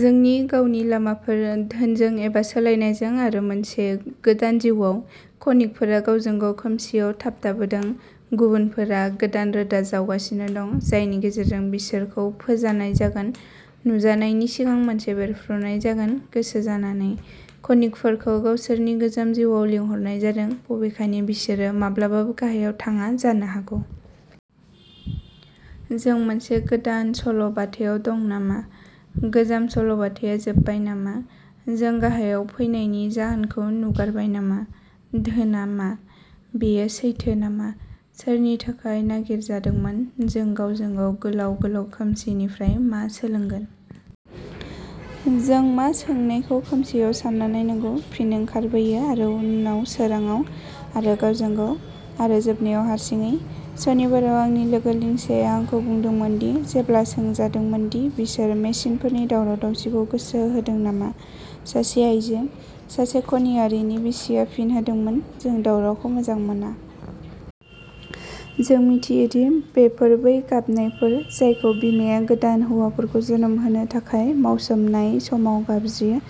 जोंनि गावनि लामाफोर, धोनजों, एबा सोलायनायजों, आरो मोनसे गोदान जिउआव। खनिकफोरा गावजों-गाव खोमसिआव थाबथाबोदों। गुबुनफोरा गोदान रोदा जावगासिनो दं जायनि गेजेरजों बिसोरखौ फोजानाय जागोन। नुजानायनि सिगां, मोनसे बेरफ्रुनाय जागोन, गोसोजानानै। खनिकफोरखौ गावसोरनि गोजाम जिउआव लिंहरनाय जादों, बबेखानि बिसोरो माब्लाबाबो गाहायाव थाङा जानो हागौ। जों मोनसे गोदान सल' बाथायाव दं नामा? गोजाम सल' बाथाया जोबबाय नामा? जों गाहायाव फैनायनि जाहोनखौ नुगारबाय नामा? धोनआ मा? बेयो सैथो नामा? सोरनि थाखाय नागिरजादोंमोन? जों गावजों-गाव गोलाव, गोलाव खोमसिनिफ्राय मा सोलोंगोन? जों मा सोंनायखौ खोमसिआव सानना नायनांगौ, फिन ओंखारबोयो आरो उनाव सोरांआव? आरो गावजों-गाव? आरो, जोबनायाव, हारसिङै? सनिबाराव, आंनि लोगो लिंडसाया आंखौ बुंदोंमोन दि जेब्ला सोंजादोंमोन दि बिसोर मेसिनफोरनि दावराव-दावसिखौ गोसो होदों नामा, सासे आइजो, सासे खनियारिनि बिसिआ फिन होदोंमोन जों दावरावखौ मोजां मोना। जों मिथियो दि बेफोर बै गाबनायफोर जायखौ बिमाया गोदान हौवाफोरखौ जोनोम होनो थाखाय मावसोमनाय समाव गाबज्रियो।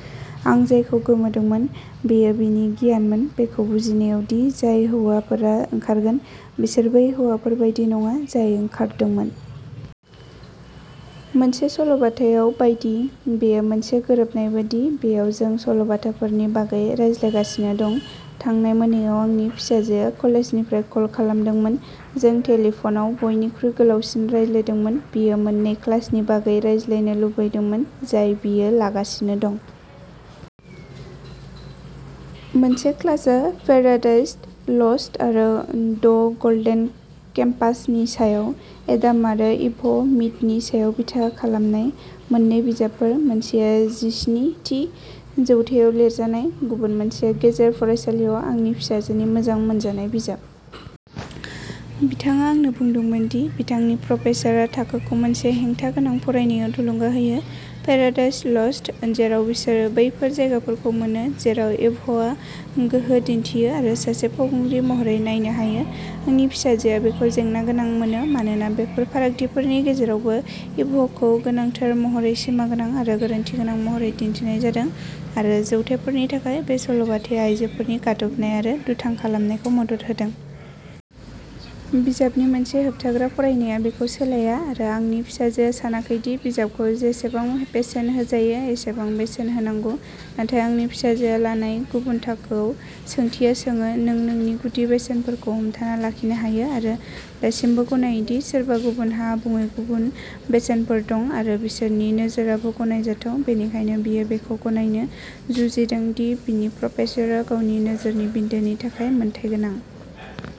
आं जायखौ गोमोदोंमोन बेयो बिनि गियानमोन बेखौ बुजिनायाव दि जाय हौवाफोरा ओंखारगोन बिसोर बै हौवाफोर बायदि नङा जाय ओंखारदोंमोन। मोनसे सल'बाथायाव बायदि। बेयो मोनसे गोरोबनायबो दि बेयाव जों सल'बाथाफोरनि बागै रायज्लायगासिनो दं। थांनाय मोनायाव आंनि फिसाजोआ कलेजनिफ्राय कल खालामदोंमोन। जों टेलिफनाव बयनिख्रुइ गोलावसिन रायज्लायदोंमोन। बियो मोननै क्लासनि बागै रायज्लायनो लुबैदोंमोन, जाय बियो लागासिनो दं। मोनसे क्लासआ पैराडाइज लस्ट आरो द गल्डेन केम्पास नि सायाव, एडाम आरो इभ मिथनि सायाव बिथा खालामनाय मोन्नै बिजाबफोर, मोनसेया जिस्नि थि जौथायाव लिरजानाय, गुबुन मोनसेया गेजेर फरायसालिआव आंनि फिसाजोनि मोजां मोनजानाय बिजाब। बिथाङा आंनो बुंदोंमोन दि बिथांनि प्रफेसारआ थाखोखौ मोनसे हेंथा गोनां फरायनायाव थुलुंगा होयो। पैराडाइज लस्ट जेराव बिसोर बैफोर जायगाफोरखौ मोनो जेराव इभआ गोहो दिन्थियो आरो सासे फावखुंग्रि महरै नायनो हायो। आंनि फिसाजोआ बेखौ जेंना गोनां मोनो, मानोना, बेफोर फारागथिफोरनि गेजेरावबो, इभखौ गोनांथार महरै सिमागोनां आरो गोरोन्थि गोनां महरै दिन्थिनाय जादों, आरो जौथायफोरनि थाखाय बे सल'बाथाया आइजोफोरनि गादबनाय आरो दुथां खालामनायखौ मदद होदों। बिजाबनि मोनसे होबथाग्रा फरायनाया बेखौ सोलाया, आरो आंनि फिसाजोआ सानाखै दि बिजाबखौ जेसेबां बेसेन होजायो एसेबां बेसेन होनांगौ। नाथाय आंनि फिसाजोआ लानाय गुबुन थाखोयाव, सोंथिया सोङो नों नोंनि गुदि बेसेनफोरखौ हमथाना लाखिनो हायो आरो दासिमबो गनायो दि सोरबा गुबुनहा आबुङै गुबुन बेसेनफोर दं आरो बिसोरनि नोजोरआबो गनायजाथाव बेनिखायनो बियो बेखौ गनायनो जुजिदों दि बिनि प्रफेसारआ गावनि नोजोरनि बिन्दोनि थाखाय मोनथाय गोनां।